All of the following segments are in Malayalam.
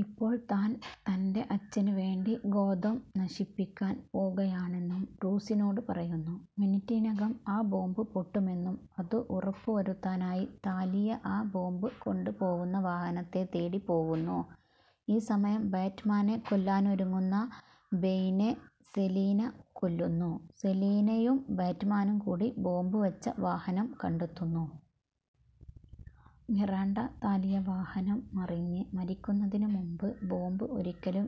ഇപ്പോൾ താൻ, തൻ്റെ അച്ഛന് വേണ്ടി ഗോഥം നശിപ്പിക്കാൻ പോവുകയാണെന്നും ബ്രൂസിനോട് പറയുന്നു. മിനിറ്റിനകം ആ ബോംബ് പൊട്ടുമെന്നും അതു ഉറപ്പു വരുത്താനായി താലിയ ആ ബോംബ് കൊണ്ട് പോവുന്ന വാഹനത്തെ തേടി പോവുന്നു. ഈ സമയം ബാറ്റ്മാനെ കൊല്ലാനൊരുങ്ങുന്ന ബെയ്നെ സലീന കൊല്ലുന്നു. സലീനയും ബാറ്റ്മാനും കൂടി ബോംബ് വെച്ച വാഹനം കണ്ടെത്തുന്നു. മിറാണ്ട/താലിയ വാഹനം മറിഞ്ഞ് മരിക്കുന്നതിനു മുമ്പ് ബോംബ് ഒരിക്കലും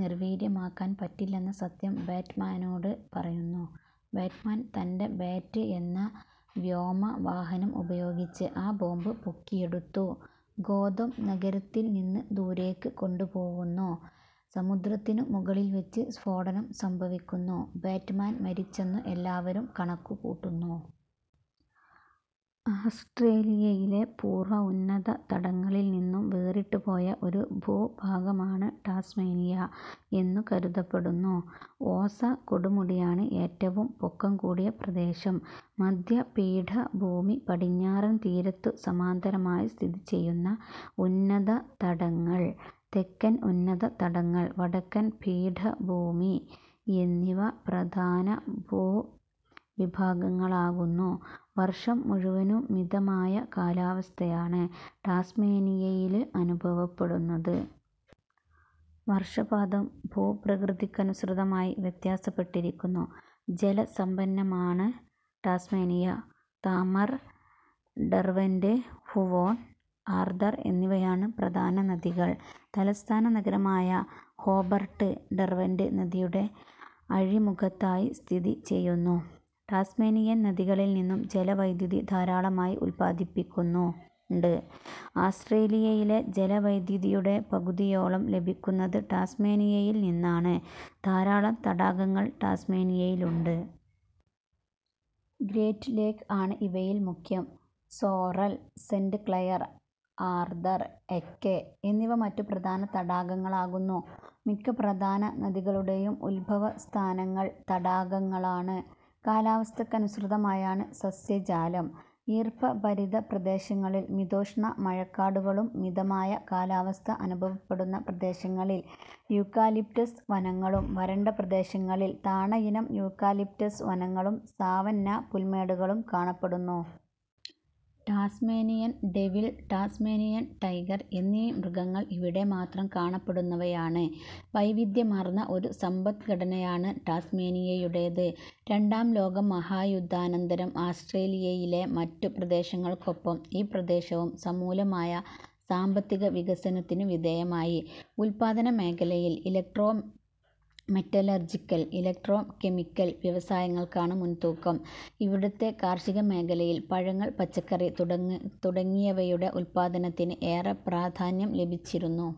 നിർവീര്യമാക്കാൻ പറ്റില്ലെന്ന സത്യം ബാറ്റ്മാനോട് പറയുന്നു. ബാറ്റ്മാൻ, തൻ്റെ 'ബാറ്റ്' എന്ന വ്യോമവാഹനം ഉപയോഗിച്ച് ആ ബോംബ് പൊക്കിയെടുത്തു ഗോഥം നഗരത്തിൽ നിന്ന് ദൂരെക്ക് കൊണ്ട് പോവുന്നു. സമുദ്രത്തിന്നു മുകളിൽ വെച്ച് സ്ഫോടനം സംഭവിക്കുന്നു. ബാറ്റ്മാൻ മരിച്ചെന്നു എല്ലാവരും കണക്കുകൂട്ടുന്നു. ആസ്റ്റ്രേലിയയിലെ പൂർവ ഉന്നത തടങ്ങളിൽ നിന്നും വേറിട്ടുപോയ ഒരു ഭൂഭാഗമാണ് ടാസ്മേനിയ എന്നു കരുതപ്പെടുന്നു. ഓസ കൊടുമുടിയാണ് ഏറ്റവും പൊക്കം കൂടിയ പ്രദേശം. മധ്യപീഠഭൂമി, പടിഞ്ഞാറൻ തീരത്തിനു സമാന്തരമായി സ്ഥിതി ചെയ്യുന്ന ഉന്നതതടങ്ങൾ, തെക്കൻ ഉന്നത തടങ്ങൾ, വടക്കൻ പീഠഭൂമി എന്നിവ പ്രധാന ഭൂവിഭാഗങ്ങളാകുന്നു. വർഷം മുഴുവനും മിതമായ കാലാവസ്ഥയാണ് ടാസ്മേനിയയിലനുഭവപ്പെടുന്നത്. വർഷപാതം ഭൂപ്രകൃതിക്കനുസൃതമായി വ്യത്യാസപ്പെട്ടിരിക്കുന്നു. ജലസമ്പന്നമാണ് Tasmania. Tamar, Derwent, Huon, Arthur എന്നിവയാണ് പ്രധാന നദികൾ. തലസ്ഥാന നഗരമായ ഹോബർട്ട്, ഡെർവന്റ് നദിയുടെ അഴിമുഖത്തായി സ്ഥിതി ചെയ്യുന്നു. ടാസ്മേനിയൻ നദികളിൽ നിന്നും ജലവൈദ്യുതി ധാരാളമായുത്പാദിപ്പിക്കുന്നുണ്ട്. ആസ്റ്റ്രേലിയയിലെ ജലവൈദ്യുതിയുടെ പകുതിയോളം ലഭിക്കുന്നത് ടാസ്മേനിയയിൽ നിന്നാണ്. ധാരാളം തടാകങ്ങൾ ടാസ്മേനിയയിലുണ്ട്. ഗ്രേറ്റ്ലേക് ആണ് ഇവയിൽ മുഖ്യം. സോറൽ, സെന്റ് ക്ലയർ, ആർതർ, എക്കെ എന്നിവ മറ്റു പ്രധാന തടാകങ്ങളാകുന്നു. മിക്ക പ്രധാന നദികളുടെയും ഉദ്ഭവസ്ഥാനങ്ങൾ തടാകങ്ങളാണ്. കാലാവസ്ഥയ്ക്കനുസൃതമാണ് സസ്യജാലം. ഈർപ്പഭരിതപ്രദേശങ്ങളിൽ മിതോഷ്ണമഴക്കാടുകളും, മിതമായ കാലാവസ്ഥ അനുഭവപ്പെടുന്ന പ്രദേശങ്ങളിൽ യൂക്കാലിപ്റ്റസ് വനങ്ങളും, വരണ്ട പ്രദേശങ്ങളിൽ താണയിനം യൂക്കാലിപ്റ്റസ് വനങ്ങളും, സാവന്നാ പുൽമേടുകളും കാണപ്പെടുന്നു. ടാസ്മേനിയൻ ഡെവിൾ, ടാസ്മേനിയൻ ടൈഗർ എന്നീ മൃഗങ്ങൾ ഇവിടെ മാത്രം കാണപ്പെടുന്നവയാണ്. വൈവിധ്യമാർന്ന ഒരു സമ്പദ്ഘടനയാണ് ടാസ്മേനിയയുടേത്. രണ്ടാം ലോകയുദ്ധാനന്തരം ആസ്റ്റ്രേലിയയിലെ മറ്റു പ്രദേശങ്ങൾക്കൊപ്പം ഈ പ്രദേശവും സമൂലമായ സാമ്പത്തിക വികസനത്തിനു വിധേയമായി. ഉത്പാദനമേഖലയിൽ ഇലക്ട്രോ-മെറ്റലർജിക്കൽ, ഇലക്ട്രോ-കെമിക്കൽ വ്യവസായങ്ങൾക്കാണ് മുൻതൂക്കം. ഇവിടത്തെ കാർഷികമേഖലയിൽ പഴങ്ങൾ, പച്ചക്കറി തുടങ്ങിയവയുടെ ഉത്പാദനത്തിന് ഏറെ പ്രാധാന്യം ലഭിച്ചിരിക്കുന്നു.